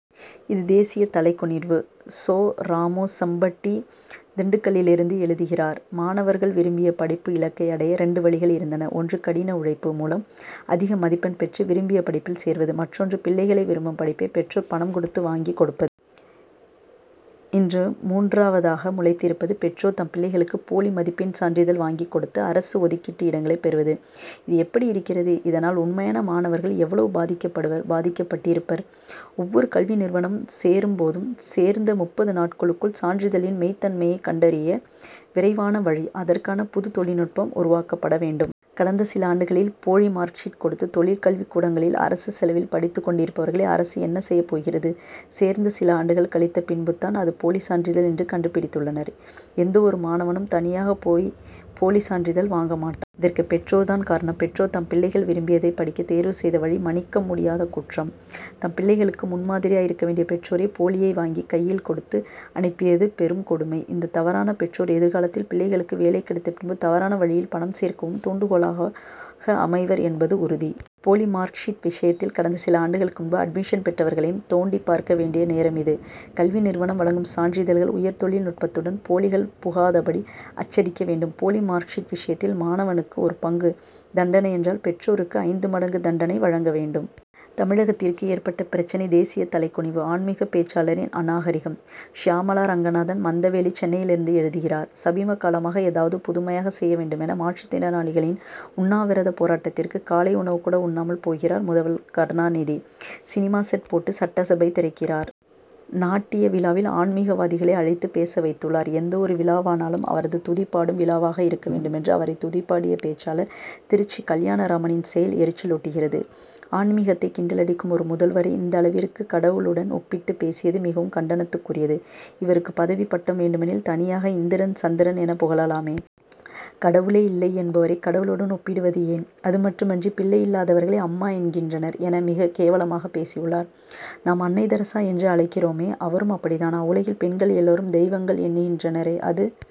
இது தேசிய தலைகுனிவு! சோ. ராமு, செம்பட்டி, திண்டுக்கலிலிருந்து எழுதுகிறார் மாணவர்கள் விரும்பிய படிப்பு இலக்கை அடைய, இரண்டு வழிகள் இருந்தன. ஒன்று, கடின உழைப்பு மூலம் அதிக மதிப்பெண் பெற்று, விரும்பிய படிப்பில் சேர்வது, மற்றொன்று, பிள்ளைகள் விரும்பும் படிப்பை, பெற்றோர் பணம் கொடுத்து வாங்கிக் கொடுப்பது. இன்று மூன்றாவதாக முளைத்திருப்பது, பெற்றோர் தம் பிள்ளைகளுக்கு போலி மதிப்பெண் சான்றிதழ் வாங்கிக் கொடுத்து, அரசு ஒதுக்கீட்டு இடங்களைப் பெறுவது. இது எப்படி இருக்கிறது? இதனால், உண்மையான மாணவர்கள் எவ்வளவு பாதிக்கப்படுவர், பாதிக்கப்பட்டிருப்பர். ஒவ்வொரு கல்வி நிறுவனமும், சேரும் போதும், சேர்ந்த முப்பது நாட்களுக்குள், சான்றிதழின் மெய்தன்மையை கண்டறிய விரைவான வழி, அதற்கான புது தொழில்நுட்பம் உருவாக்கப்பட வேண்டும். கடந்த சில ஆண்டுகளில், போலி மார்க் ஷீட் கொடுத்து, தொழில் கல்விக் கூடங்களில் அரசு செலவில் படித்துக் கொண்டிருப்பவர்களை, அரசு என்ன செய்யப் போகிறது? சேர்ந்த சில ஆண்டுகள் கழித்த பின் தான், அது போலி சான்றிதழ் என்று கண்டுபிடித்துள்ளனர். எந்தவொரு மாணவனும், தனியாகப் போய் போலிச் சான்றிதழ் வாங்க மாட்டான். இதற்கு பெற்றோர் தான் காரணம். பெற்றோர் தம் பிள்ளைகள் விரும்பியதைப் படிக்க தேர்வு செய்த வழி, மன்னிக்க முடியாத குற்றம். தம் பிள்ளைகளுக்கு முன் மாதிரியாய் இருக்க வேண்டிய பெற்றோரே, போலியை வாங்கி கையில் கொடுத்து அனுப்பியது பெரும் கொடுமை. இந்த தவறான பெற்றோர், எதிர்காலத்தில் பிள்ளைகளுக்கு வேலை கிடைத்த பின், தவறான வழியில் பணம் சேர்க்கவும் தூண்டுகோலாக அமைவர் என்பது உறுதி. போலி மார்க் ஷீட் விஷயத்தில், கடந்த சில ஆண்டுக்கு முன் அட்மிஷன் பெற்றவர்களையும் தோண்டிப் பார்க்க வேண்டிய நேரம் இது. கல்வி நிறுவனம் வழங்கும் சான்றிதழ்கள், உயர் தொழில் நுட்பத்துடன், போலிகள் புகாதபடி அச்சடிக்க வேண்டும். போலி மார்க் ஷீட் விஷயத்தில், மாணவனுக்கு ஒரு பங்கு தண்டனையென்றால், பெற்றோருக்கு ஐந்து மடங்கு தண்டனை வழங்க வேண்டும். தமிழகத்திற்கு ஏற்பட்ட இப்பிரச்னை, தேசிய தலைகுனிவு. ஆன்மிக பேச்சாளரின் அநாகரிகம்! சியாமளா ரங்கநாதன், மந்தைவெளி, சென்னையிலிருந்து எழுதுகிறார் சமீபகாலமாக, ஏதாவது புதுமையாக செய்ய வேண்டுமென, மாற்றுத் திறனாளிகளின் உண்ணாவிரத போராட்டத்திற்கு, காலை உணவுக்கூட உண்ணாமல் போகிறார் முதல்வர் கருணாநிதி. சினிமா, செட் போட்டு சட்டசபை திறக்கிறார். நாட்டிய விழாவில், ஆன்மிகவாதிகளை அழைத்து பேச வைத்துள்ளார். எந்த ஒரு விழாவானாலும், அவரது துதிபாடும் விழாவாக இருக்க வேண்டுமென்று, அவரை துதிபாடிய பேச்சாளர் திருச்சி கல்யாணராமனின் செயல் எரிச்சலூட்டுகிறது. ஆன்மிகத்தை கிண்டலடிக்கும் ஒரு முதல்வரை, இந்த அளவிற்கு கடவுளுடன் ஒப்பிட்டு பேசியது, மிகவும் கண்டனத்திற்குரியது. இவருக்கு பதவி, பட்டம் வேண்டுமெனில், தனியாக இந்திரன், சந்திரன் எனப் புகழலாமே! கடவுளே இல்லை என்பவரை, கடவுளுடன் ஒப்பிடுவது ஏன்? அது மட்டுமின்றி, பிள்ளை இல்லாதவர்களை அம்மா என்கின்றனர் என, மிக கேவலமாக பேசியுள்ளார். நாம், அன்னை தெரசா என்று அழைக்கிறோமே, அவரும் அப்படித் தானா? உலகில் பெண்கள் எல்லாரும் தெய்வங்கள் என்கின்றனரே, அது